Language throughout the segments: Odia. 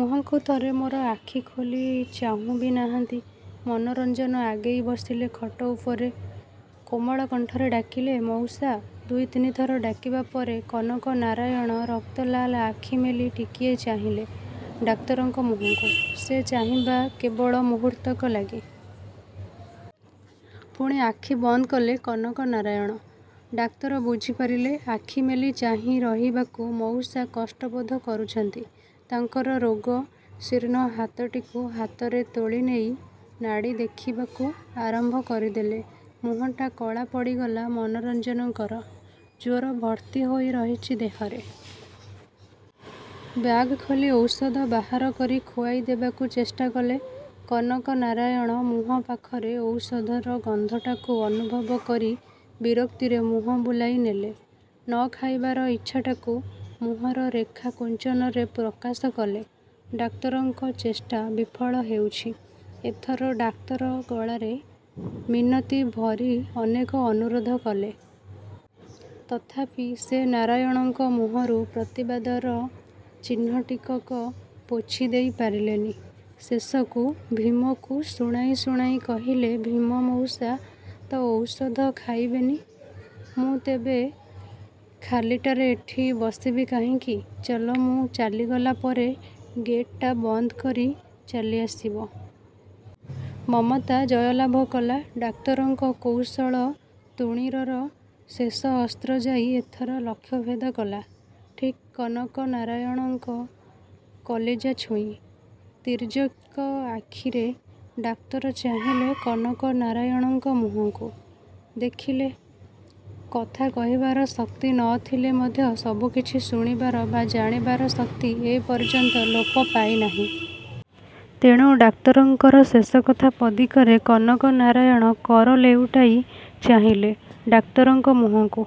ମୁହଁକୁ ଥରେ ମୋର ଆଖି ଖୋଲି ଚାହୁଁ ବି ନାହାନ୍ତି। ମନୋରଞ୍ଜନ ଆଗେଇ ବସିଲେ ଖଟ ଉପରେ। କୋମଳ କଣ୍ଠରେ ଡାକିଲେ, ମଉସା! ଦୁଇ ତିନିଥର ଡାକିବା ପରେ କନକନାରାୟଣ ରକ୍ତଲାଲ ଆଖି ମେଲି ଟିକିଏ ଚାହିଁଲେ ଡାକ୍ତରଙ୍କ ମୁହଁକୁ। ସେ ଚାହିଁବା କେବଳ ମୁହୂର୍ତ୍ତକ ଲାଗି। ପୁଣି ଆଖି ବନ୍ଦ କଲେ କନକନାରାୟଣ। ଡାକ୍ତର ବୁଝି ପାରିଲେ, ଆଖି ମେଲି ଚାହିଁ ରହିବାକୁ ମଉସା କଷ୍ଟବୋଧ କରୁଛନ୍ତି। ତାଙ୍କର ରୋଗ-ଶୀର୍ଣ୍ଣ ହାତଟିକୁ ହାତରେ ତୋଳି ନେଇ ନାଡ଼ି ଦେଖିବାକୁ ଆରମ୍ଭ କରିଦେଲେ। ମୁହଁଟା କଳା ପଡ଼ିଗଲା ମନୋରଞ୍ଜନଙ୍କର। ଜ୍ୱର ଭର୍ତ୍ତି ହୋଇ ରହିଛି ଦେହରେ। ବ୍ୟାଗ୍ ଖୋଲି ଔଷଧ ବାହାର କରି ଖୁଆଇ ଦେବାକୁ ଚେଷ୍ଟା କଲେ। କନକନାରାୟଣ ମୁହଁ ପାଖରେ ଔଷଧର ଗନ୍ଧଟାକୁ ଅନୁଭବ କରି ବିରକ୍ତିରେ ମୁହଁ ବୁଲାଇ ନେଲେ। ନ ଖାଇବାର ଇଚ୍ଛାଟାକୁ ମୁହଁର ରେଖା କୁଞ୍ଚନରେ ପ୍ରକାଶ କଲେ। ଡାକ୍ତରଙ୍କ ଚେଷ୍ଟା ବିଫଳ ହେଉଛି। ଏଥର ଡାକ୍ତର ଗଳାରେ ମିନତି ଭରି ଅନେକ ଅନୁରୋଧ କଲେ। ତଥାପି ସେ ନାରାୟଣଙ୍କ ମୁହଁରୁ ପ୍ରତିବାଦର ଚିହ୍ନଟିକକ ପୋଛି ଦେଇ ପାରିଲେନି। ଶେଷକୁ, ଭୀମକୁ ଶୁଣାଇ ଶୁଣାଇ କହିଲେ, ଭୀମ! ମଉସା ତ ଔଷଧ ଖାଇବେନି। ମୁଁ ତେବେ ଖାଲିଟାରେ ଏଠି ବସିବି କାହିଁକି? ଚାଲ, ମୁଁ ଚାଲିଗଲା ପରେ ଗେଟ୍‌ଟା ବନ୍ଦ କରି ଚାଲି ଆସିବ। ମମତା ଜୟଲାଭ କଲା। ଡାକ୍ତରଙ୍କ କୌଶଳ ତୁଣୀରର ଶେଷ ଅସ୍ତ୍ର ଯାଇ ଏଥର ଲକ୍ଷ୍ୟଭେଦ କଲା, ଠିକ୍ କନକନାରାୟଣଙ୍କ କଲିଜା ଛୁଇଁ। ତୀର୍ଯ୍ୟକ ଆଖିରେ ଡାକ୍ତର ଚାହିଁଲେ କନକନାରାୟଣଙ୍କ ମୁହଁକୁ। ଦେଖିଲେ, କଥା କହିବାର ଶକ୍ତି ନ ଥିଲେ ମଧ୍ୟ ସବୁ କିଛି ଶୁଣିବାର ବା ଜାଣିବାର ଶକ୍ତି ଏ ପର୍ଯ୍ୟନ୍ତ ଲୋପ ପାଇନାହିଁ। ତେଣୁ ଡାକ୍ତରଙ୍କର ଶେଷକଥା ପଦିକରେ କନକନାରାୟଣ କର ଲେଉଟାଇ ଚାହିଁଲେ ଡାକ୍ତରଙ୍କ ମୁହଁକୁ।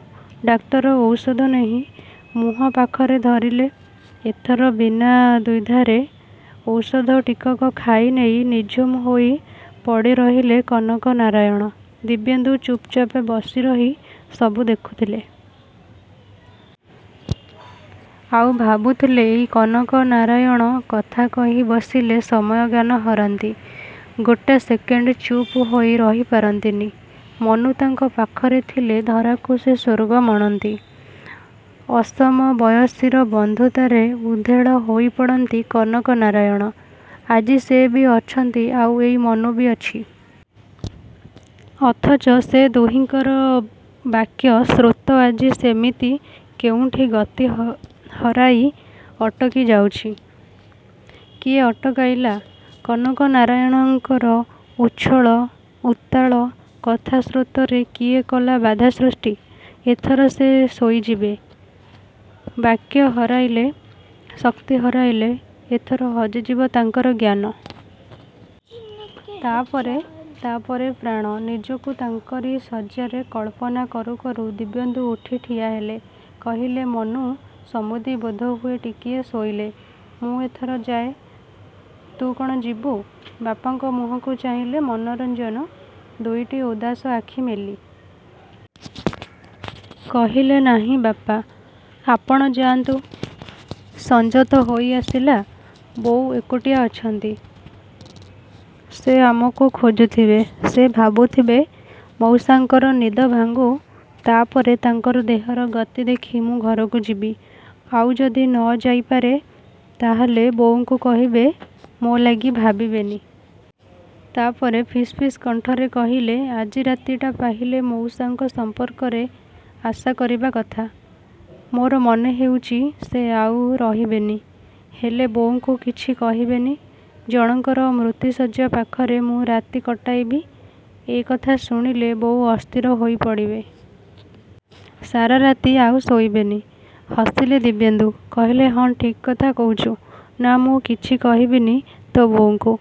ଡାକ୍ତର ଔଷଧ ନେଇ ମୁହଁ ପାଖରେ ଧରିଲେ। ଏଥର ବିନା ଦ୍ୱିଧାରେ ଔଷଧ ଟିକକ ଖାଇନେଇ ନିଝୁମ ହୋଇ ପଡ଼ି ରହିଲେ କନକନାରାୟଣ। ଦିବ୍ୟେନ୍ଦୁ ଚୁପ୍‌ଚାପ୍ ବସି ରହି ସବୁ ଦେଖୁଥିଲେ। ଆଉ ଭାବୁଥିଲେ ଏଇ କନକନାରାୟଣ କଥା କହି ବସିଲେ ସମୟ ଜ୍ଞାନ ହରାନ୍ତି। ଗୋଟେ ସେକେଣ୍ଡ ଚୁପ୍ ହୋଇ ରହି ପାରନ୍ତିନି। ମନୁ ତାଙ୍କ ପାଖରେ ଥିଲେ ଧରାକୁ ସେ ସ୍ୱର୍ଗ ମଣନ୍ତି। ଅସମବୟସୀର ବନ୍ଧୁତାରେ ଉଦ୍ଦେଳ ହୋଇ ପଡ଼ନ୍ତି କନକନାରାୟଣ। ଆଜି ସେ ବି ଅଛନ୍ତି ଆଉ ଏଇ ମନୁ ବି ଅଛି। ଅଥଚ ସେ ଦୁହିଁଙ୍କର ବାକ୍ୟ ସ୍ରୋତ ଆଜି ସେମିତି କେଉଁଠି ଗତି ହ ହରାଇ ଅଟକି ଯାଉଛି। କିଏ ଅଟକାଇଲା? କନକନାରାୟଣଙ୍କର ଉଚ୍ଛଳ, ଉତ୍ତାଳ କଥା-ସ୍ରୋତରେ କିଏ କଲା ବାଧା ସୃଷ୍ଟି? ଏଥର ସେ ଶୋଇଯିବି। ବାକ୍ୟ ହରାଇଲେ, ଶକ୍ତି ହରାଇଲେ, ଏଥର ହଜିଯିବ ତାଙ୍କର ଜ୍ଞାନ। ତା' ପରେ, ତା' ପରେ ପ୍ରାଣ। ନିଜକୁ ତାଙ୍କରି ଶଯ୍ୟାରେ କଳ୍ପନା କରୁ କରୁ ଦିବ୍ୟେନ୍ଦୁ ଉଠି ଠିଆ ହେଲେ। କହିଲେ ମନୁ, ସମୁଦି ବୋଧହୁଏ ଟିକିଏ ଶୋଇଲେ। ମୁଁ ଏଥର ଯାଏ? ତୁ କ'ଣ ଯିବୁ? ବାପାଙ୍କ ମୁହଁକୁ ଚାହିଁଲେ ମନୋରଞ୍ଜନ ଦୁଇଟି ଉଦାସ ଆଖି ମେଲି। କହିଲେ ନାହିଁ ବାପା, ଆପଣ ଯାଆନ୍ତୁ। ସଞ୍ଜ ତ ହୋଇ ଆସିଲା। ବୋଉ ଏକୁଟିଆ ଅଛନ୍ତି। ସେ ଆମକୁ ଖୋଜୁଥିବେ, ସେ ଭାବୁଥିବେ। ମଉସାଙ୍କର ନିଦ ଭାଙ୍ଗୁ। ତା' ପରେ, ତାଙ୍କର ଦେହର ଗତି ଦେଖି ମୁଁ ଘରକୁ ଯିବି। ଆଉ ଯଦି ନ ଯାଇପାରେ, ତାହାହେଲେ ବୋଉଙ୍କୁ କହିବେ, ମୋ ଲାଗି ଭାବିବେନି। ତା' ପରେ ଫିସ୍ ଫିସ୍ କଣ୍ଠରେ କହିଲେ, ଆଜି ରାତିଟା ପାହିଲେ ମଉସାଙ୍କ ସମ୍ପର୍କରେ ଆଶା କରିବା କଥା। ମୋର ମନେ ହେଉଛି ସେ ଆଉ ରହିବେନି। ହେଲେ, ବୋଉଙ୍କୁ କିଛି କହିବେନି। ଜଣଙ୍କର ମୃତ୍ୟୁଶଯ୍ୟା ପାଖରେ ମୁଁ ରାତି କଟାଇବି ଏ କଥା ଶୁଣିଲେ ବୋଉ ଅସ୍ଥିର ହୋଇ ପଡ଼ିବେ। ସାରା ରାତି ଆଉ ଶୋଇବେନି। ହସିଲେ ଦିବ୍ୟେନ୍ଦୁ। କହିଲେ, ହଁ ଠିକ୍ କଥା କହୁଛୁ। ନା, ମୁଁ କିଛି କହିବିନି ତୋ ବୋଉଙ୍କୁ।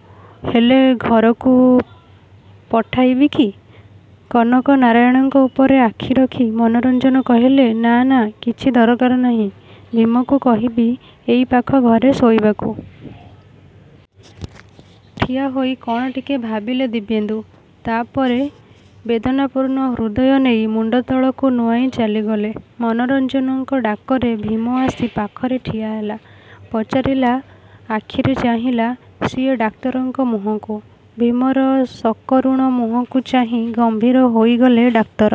ହେଲେ ଘରକୁ ପଠାଇବି କି? କନକନାରାୟଣଙ୍କ ଉପରେ ଆଖି ରଖି ମନୋରଞ୍ଜନ କହିଲେ ନାଁ, ନାଁ, କିଛି ଦରକାର ନାହିଁ। ଭୀମକୁ କହିବି ଏଇ ପାଖ ଘରେ ଶୋଇବାକୁ। ଠିଆ ହୋଇ କ'ଣ ଟିକେ ଭାବିଲେ ଦିବ୍ୟେନ୍ଦୁ। ତା' ପରେ, ବେଦନାପୂର୍ଣ୍ଣ ହୃଦୟ ନେଇ ମୁଣ୍ଡ ତଳକୁ ନୁଆଁଇ ଚାଲିଗଲେ। ମନୋରଞ୍ଜନଙ୍କ ଡାକରେ ଭୀମ ଆସି ପାଖରେ ଠିଆ ହେଲା। ପଚାରିଲା ଆଖିରେ ଚାହିଁଲା ସିଏ ଡାକ୍ତରଙ୍କ ମୁହଁକୁ। ଭୀମର ସକରୁଣ ମୁହଁକୁ ଚାହିଁ ଗମ୍ଭୀର ହୋଇଗଲେ ଡାକ୍ତର।